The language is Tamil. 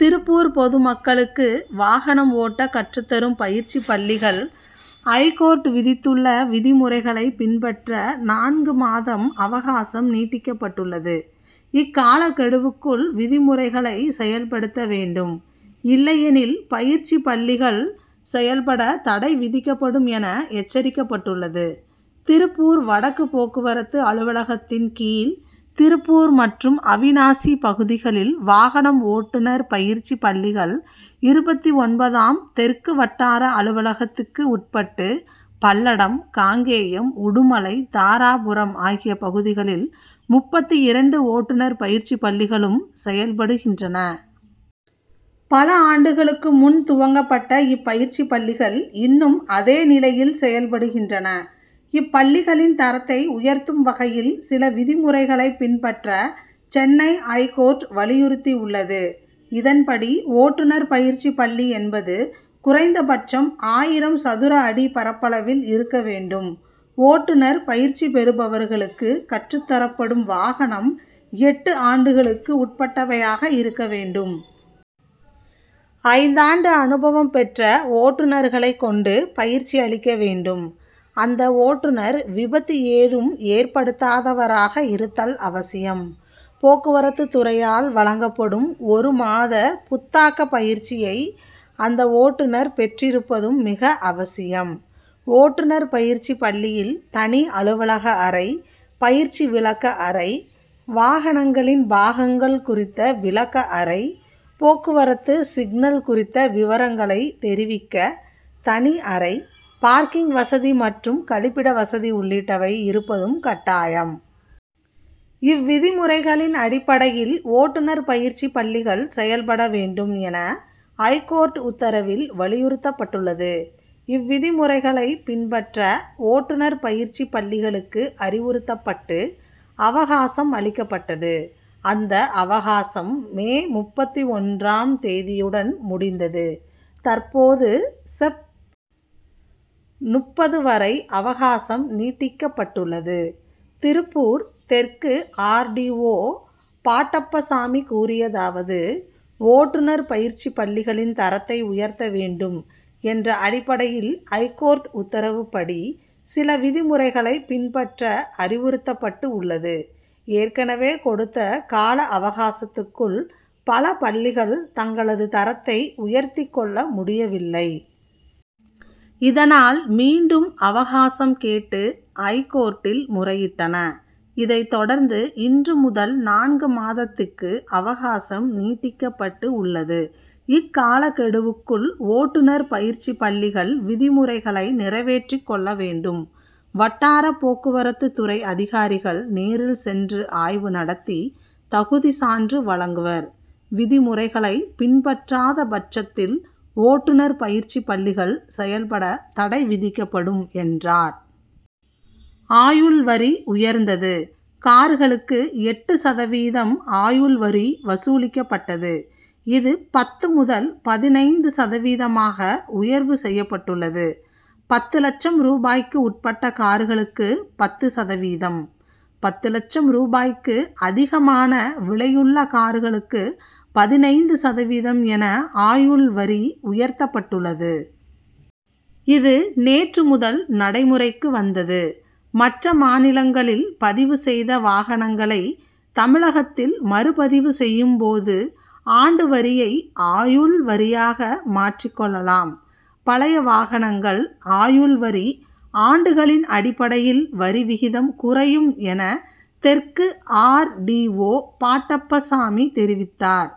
திருப்பூர் பொதுமக்களுக்கு வாகனம் ஓட்ட கற்றுத்தரும் பயிற்சி பள்ளிகள், ஐகோர்ட் விதித் துள்ள விதிமுறைகளை பின் பற்ற நான்கு மாதம் அவகாசம் நீட்டிக்கப்பட்டுள்ளது. இக் காலக்கெடுவுக்குள் விதி முறைகளை செயல்படுத்த வேண்டும். இல்லையெனில், பயிற்சி பள்ளிகள் செயல்பட தடை விதிக்கப்படும் என எச்சரிக்கப்பட்டுள்ளது. திருப்பூர் வடக்கு போக்கு வரத்து அலுவலகத்தின் கீழ் திருப்பூர் மற்றும் அவிநாசி பகுதிகளில் வாகனம் ஓட்டுனர் பயிற்சி பள்ளிகள் இருபத்து ஒன்பதாம், தெற்கு வட்டார அலுவலகத்துக்கு உட்பட்டு பல்லடம், காங்கயம், உடுமலை, தாராபுரம் ஆகிய பகுதிகளில் முப்பத்து இரண்டு ஓட்டுனர் பயிற்சி பள்ளிகளும் செயல்படுகின்றன. பல ஆண்டுகளுக்கு முன் துவங்கப்பட்ட இப்பயிற்சி பள்ளிகள், இன்னும் அதே நிலையில் செயல்படுகின்றன. இப்பள்ளிகளின் தரத்தை உயர்த்தும் வகையில், சில விதி முறைகளை பின்பற்ற சென்னை ஐகோர்ட் வலியுறுத்தி உள்ளது. இதன்படி, ஓட்டுனர் பயிற்சி பள்ளி என் பது குறைந்தபட்சம் ஆயிரம் சதுர அடி பரப்பளவில் இருக்க வேண் டும்; ஓட்டுனர் பயிற்சி பெறுபவர் களுக்கு கற்றுத்தரப்படும் வாக னம், எட்டு ஆண்டுகளுக்கு உட் பட்டவையாக இருக்க வேண்டும். ஐந்தாண்டு அனுபவம் பெற்ற ஓட்டுனர்களை கொண்டு, பயிற்சி அளிக்க வேண்டும். அந்த ஓட்டுனர், விபத்து ஏதும் ஏற்படுத் தாதவராக இருத்தல் அவசியம். போக்குவரத்து துறையால் வழங்கப்படும் ஒரு மாத புத் தாக்க பயிற்சியை அந்த ஓட்டுனர் பெற்றிருப்பதும் மிக அவசியம். ஓட்டுனர் பயிற்சி பள்ளியில் தனி அலுவலக அறை, பயிற்சி விளக்க அறை, வாகனங்களின் பாகங்கள் குறித்த விளக்க அறை, போக்குவரத்து சிக்னல் குறித்த விபரங்களை தெரிவிக்க தனி அறை, பார்க்கிங் வசதி மற்றும் கழிப்பிட வசதி உள்ளிட்டவை இருப்பதும் கட்டாயம். இவ்விதி முறைகளின் அடிப்படையில், ஓட்டுனர் பயிற்சி பள்ளிகள் செயல்பட வேண்டும் என, ஐகோர்ட் உத்தரவில் வலியுறுத்தப் பட்டுள்ளது. இவ்விதிமுறைகளை பின் பற்ற, ஓட்டுனர் பயிற்சி பள்ளி களுக்கு அறிவுறுத்தப்பட்டு, அவகாசம் அளிக்கப்பட்டது; அந்த அவகாசம், மே முப்பத்து ஒன்று ம் தேதியுடன் முடிந்தது. தற்போது, செப்., முப்பது வரை அவகாசம் நீட்டிக்கப்பட்டுள்ளது. திருப்பூர் தெற்கு ஆர். டி. ஓ. பாட்டப்பசாமி கூறியதாவது ஓட்டுனர் பயிற்சி பள்ளிகளின் தரத்தை உயர்த்த வேண்டும் என்ற அடிப்படையில் ஐகோர்ட் உத்தரவுப் படி, சில விதிமுறைகளை பின் பற்ற அறிவுறுத்தப்பட்டு உள்ளது. ஏற்கனவே கொடுத்த கால அவகாசத்துக்குள் பல பள்ளிகள், தங்களது தரத்தை உயர்த்திக் கொள்ள முடியவில்லை. இத னால், மீண்டும் அவகாசம் கேட்டு ஐகோர்ட்டில் முறையிட்டன. இதைத்தொடர்ந்து இன்று முதல் நான்கு மாதத் துக்கு அவகாசம் நீட்டிக்கப்பட்டு உள்ளது. இக்கால கெடுவுக்குள் ஓட்டுனர் பயிற்சி பள்ளிகள் விதிமுறைகளை நிறைவேற்றிக் கொள்ள வேண்டும். வட்டார போக்குவரத்து துறை அதிகாரி கள் நேரில் சென்று ஆய்வு நடத்தி, தகுதி சான்று வழங்குவர், விதிமுறைகளை பின்பற்றாத பட்சத்தில், ஓட்டுனர் பயிற்சி பள்ளிகள் செயல்பட தடை விதிக்கப்படும், என்றார். ஆயுள் வரி உயர்ந்தது கார்களுக்கு எட்டு சதவீதம் ஆயுள் வரி வசூலிக்கப்பட்டது. இது, பத்து முதல் பதினைந்து சதவீதமாக உயர்வு செய்யப்பட்டுள்ளது. பத்து லட்சம் ரூபாய்க்கு உட்பட்ட கார்களுக்கு பத்து சத வீதம், பத்து லட்சம் ரூபாய்க்கு அதிகமான விலையுள்ள கார்களுக்கு பதினைந்து சதவீதம் என ஆயுள் வரி உயர்த்தப்பட் டுள்ளது. இது, நேற்று முதல் நடைமுறைக்கு வந்தது. மற்ற மாநிலங்களில் பதிவு செய்த வாகனங்களை, தமிழகத்தில் மறுபதிவு செய்யும் போது, ஆண்டு வரியை ஆயுள் வரியாக மாற்றிக் கொள்ள லாம். பழைய வாகனங்கள் ஆயுள் வரி, ஆண்டுகளின் அடிப்படையில் வரி விகிதம் குறையும் என தெற்கு ஆர். டி. ஓ. பாட்டப்பசாமி தெரிவித்தார்.